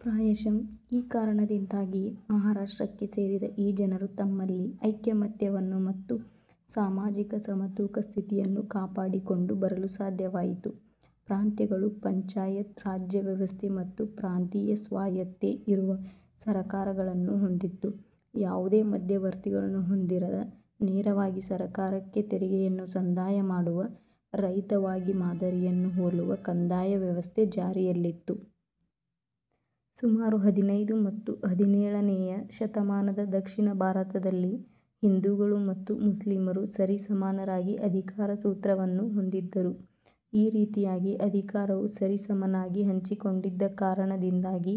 ಪ್ರಾಯಶಃ ಈ ಕಾರಣದಿಂದಾಗಿಯೇ ಮಹಾರಾಷ್ಟ್ರಕ್ಕೆ ಸೇರಿದ ಈ ಜನರು ತಮ್ಮಲ್ಲಿ ಐಕ್ಯಮತ್ಯವನ್ನು ಮತ್ತು ಸಾಮಾಜಿಕ ಸಮತೂಕ ಸ್ಥಿತಿಯನ್ನು ಕಾಪಾಡಿಕೊಂಡು ಬರಲು ಸಾಧ್ಯವಾಯಿತು. ಪ್ರಾಂತ್ಯಗಳು ಪಂಚಾಯತ್ ರಾಜ್ಯವ್ಯವಸ್ಥೆ ಮತ್ತು ಪ್ರಾಂತೀಯ ಸ್ವಾಯತ್ತೆ ಇರುವ ಸರಕಾರಗಳನ್ನು ಹೊಂದಿತ್ತು. ಯಾವುದೇ ಮಧ್ಯವರ್ತಿಗಳನ್ನು ಹೊಂದಿರದ, ನೇರವಾಗಿ ಸರಕಾರಕ್ಕೆ ತೆರಿಗೆಯನ್ನು ಸಂದಾಯ ಮಾಡುವ, ರೈತವಾಗಿ ಮಾದರಿಯನ್ನು ಹೋಲುವ ಕಂದಾಯ ವ್ಯವಸ್ಥೆ ಜಾರಿಯಲ್ಲಿತ್ತು. ಸುಮಾರು ಹದಿನೈದು ಮತ್ತು ಹದಿನೇಳನೆಯ ಶತಮಾನದ ದಕ್ಷಿಣ ಭಾರತದಲ್ಲಿ ಹಿಂದುಗಳು ಮತ್ತು ಮುಸ್ಲಿಮರು ಸರಿಸಮಾನವಾಗಿ ಅಧಿಕಾರ ಸೂತ್ರವನ್ನು ಹೊಂದಿದ್ದರು. ಈ ರೀತಿಯಾಗಿ ಅಧಿಕಾರವು ಸರಿಸಮನಾಗಿ ಹಂಚಿಕೊಂಡಿದ್ದ ಕಾರಣದಿಂದಾಗಿ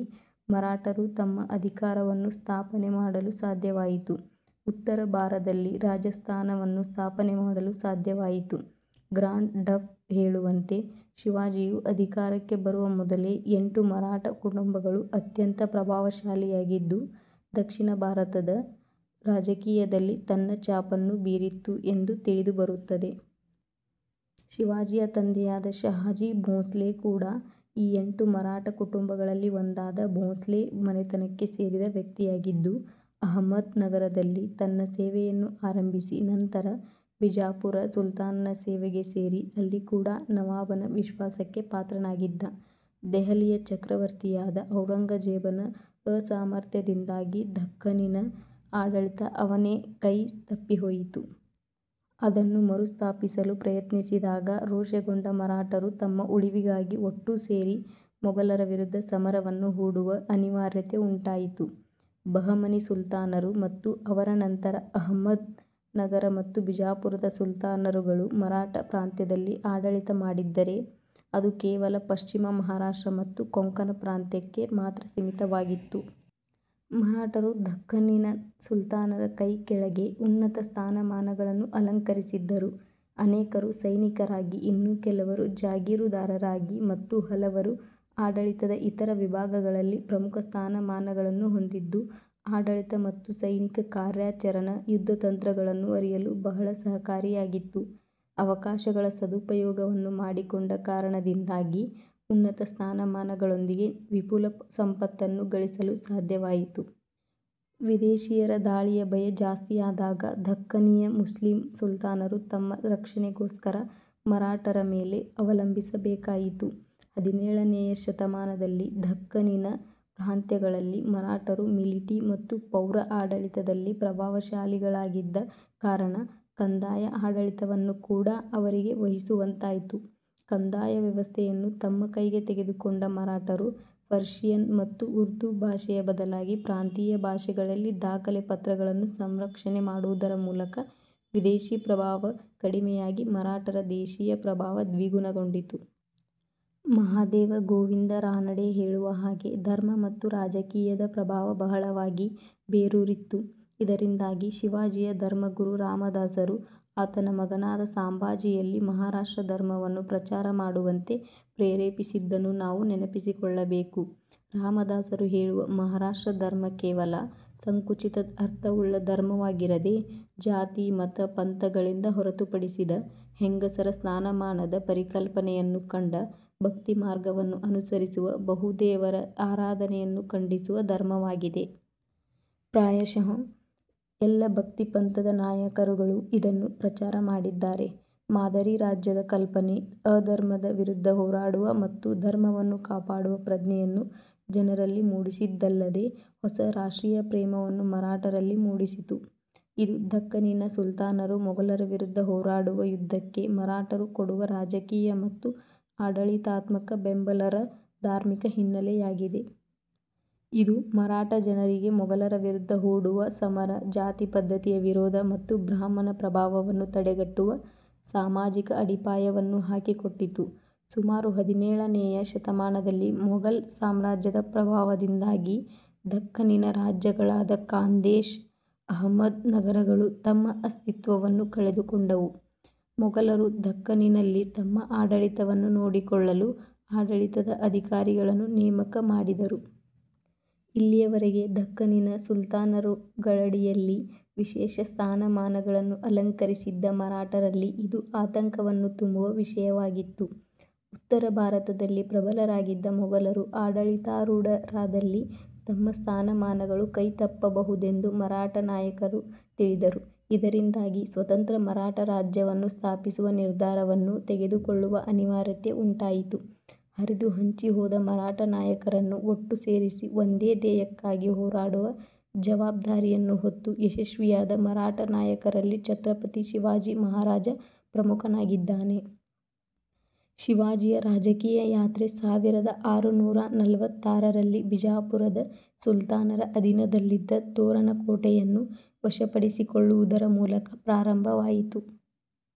ಮರಾಠರು ತಮ್ಮ ಅಧಿಕಾರವನ್ನು ಸ್ಥಾಪನೆ ಮಾಡಲು ಸಾಧ್ಯವಾಯಿತು. ಉತ್ತರ ಭಾರದಲ್ಲಿ ರಾಜಸ್ಥಾನವನ್ನು ಸ್ಥಾಪನೆ ಮಾಡಲು ಸಾಧ್ಯವಾಯಿತು. ಗ್ರಾಂಡ್ ಢಪ್ ಹೇಳುವಂತೆ ಶಿವಾಜಿಯು ಅಧಿಕಾರಕ್ಕೆ ಬರುವ ಮೊದಲೇ ಎಂಟು ಮರಾಠ ಕುಟುಂಬಗಳು ಅತ್ಯಂತ ಪ್ರಭಾವಶಾಲಿಯಾಗಿದ್ದು ದಕ್ಷಿಣ ಭಾರತದ ರಾಜಕೀಯದಲ್ಲಿ ತನ್ನ ಛಾಪನ್ನು ಬೀರಿತ್ತು ಎಂದು ತಿಳಿದು ಬರುತ್ತದೆ. ಶಿವಾಜಿಯ ತಂದೆಯಾದ ಷಹಾಜಿ ಬೋಂಸ್ಲೆ ಕೂಡಾ ಈ ಎಂಟು ಮರಾಠ ಕುಟುಂಬಗಳಲ್ಲಿ ಒಂದಾದ ಭೋಂಸ್ಲೆ ಮನೆತನಕ್ಕೆ ಸೇರಿದ ವ್ಯಕ್ತಿಯಾಗಿದ್ದು, ಅಹಮದ್ ನಗರದಲ್ಲಿ ತನ್ನ ಸೇವೆಯನ್ನು ಆರಂಭಿಸಿ ನಂತರ ಬಿಜಾಪುರ ಸುಲ್ತಾನನ ಸೇವೆಗೆ ಸೇರಿ ಅಲ್ಲಿ ಕೂಡಾ ನವಾಬನ ವಿಶ್ವಾಸಕ್ಕೆ ಪಾತ್ರನಾಗಿದ್ದ. ದೆಹಲಿಯ ಚಕ್ರವರ್ತಿಯಾದ ಔರಂಗಜೇಬನ ಅಸಾಮರ್ಥ್ಯದಿಂದಾಗಿ ದಖ್ಖನಿನ ಆಡಳಿತ ಅವನೆ ಕೈ ತಪ್ಪಿಹೋಯಿತು. ಅದನ್ನು ಮರುಸ್ಥಾಪಿಸಲು ಪ್ರಯತ್ನಿಸಿದಾಗ ರೋಷಗೊಂಡ ಮರಾಠರು ತಮ್ಮ ಉಳಿವಿಗಾಗಿ ಒಟ್ಟು ಸೇರಿ ಮೊಗಲರ ವಿರುದ್ಧ ಸಮರವನ್ನು ಹೂಡುವ ಅನಿವಾರ್ಯತೆ ಉಂಟಾಯಿತು. ಬಹಮನಿ ಸುಲ್ತಾನರು ಮತ್ತು ಅವರ ನಂತರ ಅಹಮ್ಮದ್ ನಗರ ಮತ್ತು ಬಿಜಾಪುರದ ಸುಲ್ತಾನರುಗಳು ಮರಾಠ ಪ್ರಾಂತ್ಯದಲ್ಲಿ ಆಡಳಿತ ಮಾಡಿದ್ದರೆ ಅದು ಕೇವಲ ಪಶ್ಚಿಮ ಮಹಾರಾಷ್ಟ್ರ ಮತ್ತು ಕೊಂಕಣ ಪ್ರಾಂತ್ಯಕ್ಕೆ ಮಾತ್ರ ಸೀಮಿತವಾಗಿತ್ತು. ಮರಾಠರು ದಖ್ಖನ್ನಿನ ಸುಲ್ತಾನರ ಕೈಕೆಳಗೆ ಉನ್ನತ ಸ್ಥಾನಮಾನಗಳನ್ನು ಅಲಂಕರಿಸಿದ್ದರು. ಅನೇಕರು ಸೈನಿಕರಾಗಿ, ಇನ್ನು ಕೆಲವರು ಜಾಗೀರುದಾರರಾಗಿ ಮತ್ತು ಹಲವರು ಆಡಳಿತದ ಇತರ ವಿಭಾಗಗಳಲ್ಲಿ ಪ್ರಮುಖ ಸ್ಥಾನ ಮಾನಗಳನ್ನು ಹೊಂದಿದ್ದು ಆಡಳಿತ ಮತ್ತು ಸೈನಿಕ ಕಾರ್ಯಾಚರಣ, ಯುದ್ಧ ತಂತ್ರಗಳನ್ನು ಅರಿಯಲು ಬಹಳ ಸಹಕಾರಿಯಾಗಿತ್ತು. ಅವಕಾಶಗಳ ಸದುಪಯೋಗವನ್ನು ಮಾಡಿಕೊಂಡ ಕಾರಣದಿಂದಾಗಿ ಉನ್ನತ ಸ್ಥಾನಮಾನಗಳೊಂದಿಗೆ ವಿಪುಲ ಸಂಪತ್ತನ್ನು ಗಳಿಸಲು ಸಾಧ್ಯವಾಯಿತು. ವಿದೇಶಿಯರ ದಾಳಿಯ ಭಯ ಜಾಸ್ತಿಯಾದಾಗ ದಖ್ಖನಿಯ ಮುಸ್ಲಿಮ್ ಸುಲ್ತಾನರು ತಮ್ಮ ರಕ್ಷಣೆಗೋಸ್ಕರ ಮರಾಠರ ಮೇಲೆ ಅವಲಂಬಿಸಬೇಕಾಯಿತು. ಹದಿನೇಳನೆಯ ಶತಮಾನದಲ್ಲಿ ದಖ್ಖನಿನ ಪ್ರಾಂತ್ಯಗಳಲ್ಲಿ ಮರಾಠರು ಮಿಲಿಟಿ ಮತ್ತು ಪೌರ ಆಡಳಿತದಲ್ಲಿ ಪ್ರಭಾವಶಾಲಿಗಳಾಗಿದ್ದ ಕಾರಣ ಕಂದಾಯ ಆಡಳಿತವನ್ನು ಕೂಡಾ ಅವರಿಗೇ ವಹಿಸುವಂತಾಯ್ತು. ಕಂದಾಯ ವ್ಯವಸ್ಥೆಯನ್ನು ತಮ್ಮ ಕೈಗೆ ತೆಗೆದುಕೊಂಡ ಮರಾಠರು ಪರ್ಶಿಯನ್ ಮತ್ತು ಉರ್ದು ಭಾಷೆಯ ಬದಲಾಗಿ ಪ್ರಾಂತೀಯ ಭಾಷೆಗಳಲ್ಲಿ ದಾಖಲೆ ಪತ್ರಗಳನ್ನು ಸಂರಕ್ಷಣೆ ಮಾಡುವುದರ ಮೂಲಕ ವಿದೇಶಿ ಪ್ರಭಾವ ಕಡಿಮೆಯಾಗಿ ಮರಾಠರ ದೇಶಿಯ ಪ್ರಭಾವ ದ್ವಿಗುಣಗೊಂಡಿತು. ಮಹಾದೇವ ಗೋವಿಂದ ರಾನಡೆ ಹೇಳುವ ಹಾಗೆ ಧರ್ಮ ಮತ್ತು ರಾಜಕೀಯದ ಪ್ರಭಾವ ಬಹಳವಾಗಿ ಬೇರೂರಿತ್ತು. ಇದರಿಂದಾಗಿ ಶಿವಾಜಿಯ ಧರ್ಮಗುರು ರಾಮದಾಸರು ಆತನ ಮಗನಾದ ಸಾಂಬಾಜಿಯಲ್ಲಿ ಮಹಾರಾಷ್ಟ್ರ ಧರ್ಮವನ್ನು ಪ್ರಚಾರ ಮಾಡುವಂತೆ ಪ್ರೇರೆಪಿಸಿದ್ದನ್ನು ನಾವು ನೆನಪಿಸಿಕೊಳ್ಳಬೇಕು. ರಾಮದಾಸರು ಹೇಳುವ ಮಹಾರಾಷ್ಟ್ರ ಧರ್ಮ ಕೇವಲ ಸಂಕುಚಿತ ಅರ್ಥವುಳ್ಳ ಧರ್ಮವಾಗಿರದೆ ಜಾತಿ ಮತ ಪಂಥಗಳಿಂದ ಹೊರತುಪಡಿಸಿದ, ಹೆಂಗಸರ ಸ್ಥಾನಮಾನದ ಪರಿಕಲ್ಪನೆಯನ್ನು ಕಂಡ, ಭಕ್ತಿಮಾರ್ಗವನ್ನು ಅನುಸರಿಸುವ, ಬಹುದೇವರ ಆರಾಧನೆಯನ್ನು ಖಂಡಿಸುವ ಧರ್ಮವಾಗಿದೆ. ಪ್ರಾಯಶಃ ಎಲ್ಲ ಭಕ್ತಿಪಂಥದ ನಾಯಕರುಗಳು ಇದನ್ನು ಪ್ರಚಾರ ಮಾಡಿದ್ದಾರೆ. ಮಾದರಿ ರಾಜ್ಯದ ಕಲ್ಪನೆ, ಅಧರ್ಮದ ವಿರುದ್ಧ ಹೋರಾಡುವ ಮತ್ತು ಧರ್ಮವನ್ನು ಕಾಪಾಡುವ ಪ್ರಜ್ಞೆಯನ್ನು ಜನರಲ್ಲಿ ಮೂಡಿಸಿದ್ದಲ್ಲದೆ ಹೊಸ ರಾಷ್ಟ್ರೀಯ ಪ್ರೇಮವನ್ನು ಮರಾಠರಲ್ಲಿ ಮೂಡಿಸಿತು. ಇದು ದಖ್ಖನಿನ ಸುಲ್ತಾನರು ಮೊಗಲರ ವಿರುದ್ಧ ಹೋರಾಡುವ ಯುದ್ಧಕ್ಕೆ ಮರಾಠರು ಕೊಡುವ ರಾಜಕೀಯ ಮತ್ತು ಆಡಳಿತಾತ್ಮಕ ಬೆಂಬಲರ ಧಾರ್ಮಿಕ ಹಿನ್ನೆಲೆಯಾಗಿದೆ. ಇದು ಮರಾಠ ಜನರಿಗೆ ಮೊಗಲರ ವಿರುದ್ಧ ಹೂಡುವ ಸಮರ, ಜಾತಿಪದ್ಧತಿಯ ವಿರೋಧ ಮತ್ತು ಬ್ರಾಹ್ಮಣ ಪ್ರಭಾವವನ್ನು ತಡೆಗಟ್ಟುವ ಸಾಮಾಜಿಕ ಅಡಿಪಾಯವನ್ನು ಹಾಕಿ ಕೊಟ್ಟಿತು. ಸುಮಾರು ಹದಿನೇಳನೆಯ ಶತಮಾನದಲ್ಲಿ ಮೊಗಲ್ ಸಾಮ್ರಾಜ್ಯದ ಪ್ರಭಾವದಿಂದಾಗಿ ದಖ್ಖನ್ನಿನ ರಾಜ್ಯಗಳಾದ ಖಾಂದೇಶ, ಅಹಮ್ಮದ್ ನಗರಗಳು ತಮ್ಮ ಅಸ್ತಿತ್ವವನ್ನು ಕಳೆದುಕೊಂಡವು. ಮೊಗಲರು ದಖ್ಖನಿನಲ್ಲಿ ತಮ್ಮ ಆಡಳಿತವನ್ನು ನೋಡಿಕೊಳ್ಳಲು ಆಡಳಿತದ ಅಧಿಕಾರಿಗಳನ್ನು ನೇಮಕ ಮಾಡಿದರು. ಇಲ್ಲಿಯವರೆಗೆ ದಖ್ಖನ್ನಿನ ಸುಲ್ತಾನರುಗಳಡಿಯಲ್ಲಿ ವಿಶೇಷ ಸ್ಥಾನಮಾನಗಳನ್ನು ಅಲಂಕರಿಸಿದ್ದ ಮರಾಠರಲ್ಲಿ ಇದು ಆತಂಕವನ್ನು ತುಂಬುವ ವಿಷಯವಾಗಿತ್ತು. ಉತ್ತರ ಭಾರತದಲ್ಲಿ ಪ್ರಬಲರಾಗಿದ್ದ ಮೊಗಲರು ಆಡಳಿತಾರೂಢರಾದಲ್ಲಿ ತಮ್ಮ ಸ್ಥಾನಮಾನಗಳು ಕೈ ತಪ್ಪಬಹುದೆಂದು ಮರಾಠ ನಾಯಕರು ತಿಳಿದರು. ಇದರಿಂದಾಗಿ ಸ್ವತಂತ್ರ ಮರಾಠ ರಾಜ್ಯವನ್ನು ಸ್ಥಾಪಿಸುವ ನಿರ್ಧಾರವನ್ನು ತೆಗೆದುಕೊಳ್ಳುವ ಅನಿವಾರ್ಯತೆ ಉಂಟಾಯಿತು. ಹರಿದು ಹಂಚಿ ಹೋದ ಮರಾಠ ನಾಯಕರನ್ನು ಒಟ್ಟು ಸೇರಿಸಿ ಒಂದೇ ಧ್ಯೇಯಕ್ಕಾಗಿ ಹೋರಾಡುವ ಜವಾಬ್ದಾರಿಯನ್ನು ಹೊತ್ತು ಯಶಸ್ವಿಯಾದ ಮರಾಠ ನಾಯಕರಲ್ಲಿ ಛತ್ರಪತಿ ಶಿವಾಜಿ ಮಹಾರಾಜ ಪ್ರಮುಖನಾಗಿದ್ದಾನೆ. ಶಿವಾಜಿಯ ರಾಜಕೀಯ ಯಾತ್ರೆ ಸಾವಿರದ ಆರುನೂರಾ ನಲವತ್ತಾರರಲ್ಲಿ ಬಿಜಾಪುರದ ಸುಲ್ತಾನರ ಅಧೀನದಲ್ಲಿದ್ದ ತೋರಣಕೋಟೆಯನ್ನು ವಶಪಡಿಸಿಕೊಳ್ಳುವುದರ ಮೂಲಕ ಪ್ರಾರಂಭವಾಯಿತು.